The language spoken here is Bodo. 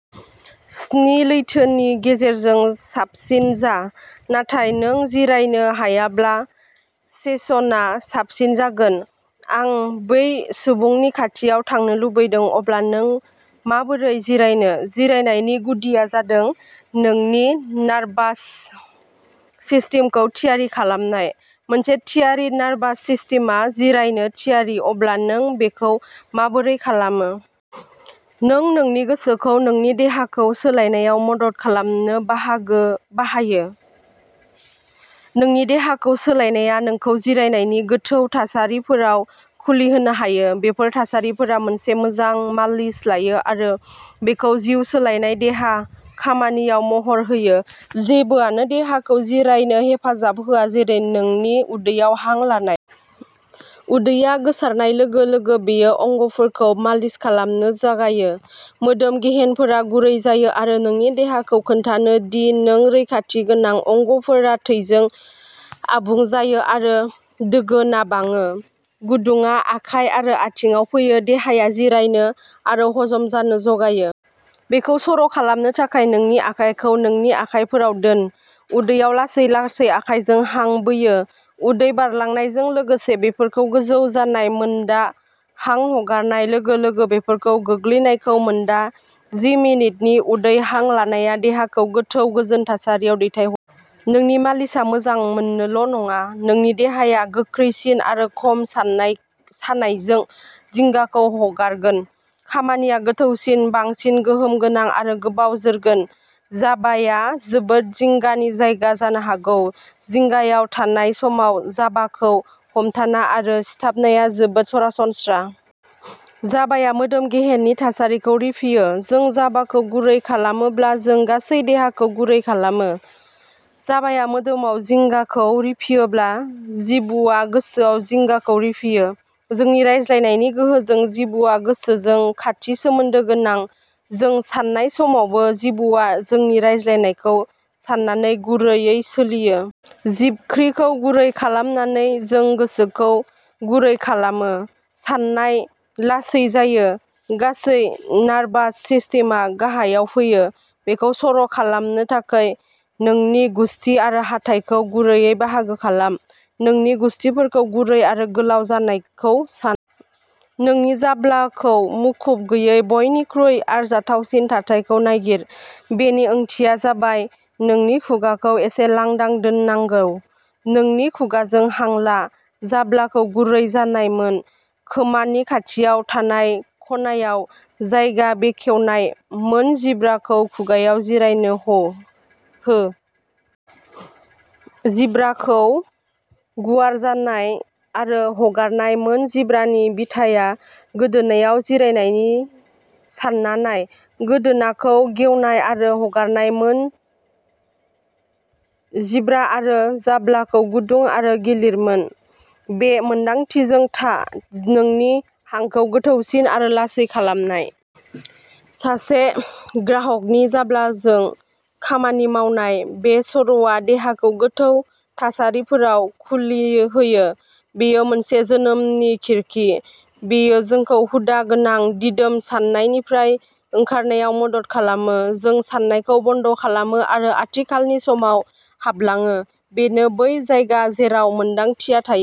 स्नि लैथोनि गेजेरजों साबसिन जा, नाथाय नों जिरायनो हायाब्ला, सेसनआ साबसिन जागोन। आं बै सुबुंनि खाथियाव थांनो लुबैदों! अब्ला नों माबोरै जिरायनो? जिरायनायनि गुदिया जादों नोंनि नार्भास सिस्टेमखौ थियारि खालामनाय। मोनसे थियारि नार्भास सिस्टेमआ जिरायनो थियारि अब्ला नों बेखौ माबोरै खालामो? नों नोंनि गोसोखौ नोंनि देहाखौ सोलायनायाव मदद खालामनो बाहागो बाहायो। नोंनि देहाखौ सोलायनाया नोंखौ जिरायनायनि गोथौ थासारिफोराव खुलिहोनो हायो। बेफोर थासारिफोरा मोनसे मोजां मालिस लायो आरो बेखौ जिउ सोलायनाय देहा खामानिआव महर होयो। जेबोआनो देहाखौ जिरायनो हेफाजाब होआ जेरै नोंनि उदैयाव हां लानाय। उदैया गोसारनाय लोगो-लोगो बेयो अंगफोरखौ मालिस खालामनो जागायो। मोदोम-गेहेनफोरा गुरै जायो आरो नोंनि देहाखौ खोन्थानो दि नों रैखाथि गोनां। अंगफोरा थैजों आबुं जायो आरो दोगोनआ बाङो। गुदुंआ आखाइ आरो आथिंआव फैयो। देहाया जिरायनो आरो हजम जानो जागायो। बेखौ सर' खालामनो थाखाय, नोंनि आखाइखौ नोंनि आखायफोराव दोन। उदैयाव लासै-लासै आखाइजों हां बोयो। उदै बारलांनायजों लोगोसे बेफोरखौ गोजौ जानाय मोनदा। हां हगारनाय लोगो-लोगो बेफोरखौ गोग्लैनायखौ मोनदा। जि मिनिटनि उदै हां लानाया देहाखौ गोथौ गोजोन थासारियाव दैथायहरो। नोंनि मालिसआ मोजां मोननोल' नङा, नोंनि देहाया गोख्रैसिन आरो खम साननाय सानायजों जिंगाखौ हगारगोन। खामानिया गोथौसिन, बांसिन गोहोम गोनां आरो गोबाव जोरगोन। जाबाया जोबोद जिंगानि जायगा जानो हागौ। जिंगायाव थानाय समाव, जाबाखौ हमथाना आरो सिथाबनाया जोबोद सरासनस्रा। जाबाया मोदोम गेहेननि थासारिखौ रिफियो। जों जाबाखौ गुरै खालामोब्ला जों गासै देहाखौ गुरै खालामो। जाबाया मोदोमाव जिंगाखौ रिफियोब्ला, जिबुआ गोसोआव जिंगाखौ रिफियो। जोंनि रायज्लायनायनि गोहोजों, जिबुआ गोसोजों खाथि सोमोन्दो गोनां। जों सान्नाय समावबो, जिबुआ जोंनि रायज्लायनायखौ सान्नानै गुरैयै सोलियो। जिबख्रिखौ गुरै खालामनानै, जों गोसोखौ गुरै खालामो। साननाय लासै जायो। गासै नार्भास सिस्टेमआ गाहायाव फैयो। बेखौ सर' खालामनो थाखाय, नोंनि गुसथि आरो हाथाइखौ गुरैयै बाहागो खालाम। नोंनि गुसथिफोरखौ गुरै आरो गोलाव जानायखौ सान। नोंनि जाब्लाखौ मुखुब गैयै बयनिख्रुइ आरजाथावसिन थाथायखौ नायगिर। बेनि ओंथिया जाबाय नोंनि खुगाखौ एसे लांदां दोननांगौ। नोंनि खुगाजों हां ला। जाब्लाखौ गुरै जानाय मोन। खोमानि खाथियाव थानाय खनायाव जायगा बेखेवनाय मोन। जिब्राखौ खुगाआव जिरायनो ह हो। जिब्राखौ गुवार जानाय आरो हगारनाय मोन। जिब्रानि बिथाया गोदोनाआव जिरायनायनि सानना नाय। गोदोनाखौ गेवनाय आरो हगारनाय मोन। जिब्रा आरो जाब्लाखौ गुदुं आरो गिलिर मोन। बे मोनदांथिजों था, नोंनि हांखौ गोथौसिन आरो लासै खालामनाय। सासे ग्राहकनि जाब्लाजों खामानि मावनाय। बे सर'आ देहाखौ गोथौ थासारिफोराव खुलि होयो। बेयो मोनसे जोनोमनि खिरखि। बेयो जोंखौ हुदा गोनां, दिदोम साननायनिफ्राय ओंखारनायाव मदद खालामो। जों सान्नायखौ बन्द'खालामो आरो आथिखालनि समाव हाबलाङो। बेनो बै जायगा जेराव मोन्दांथिया थायो।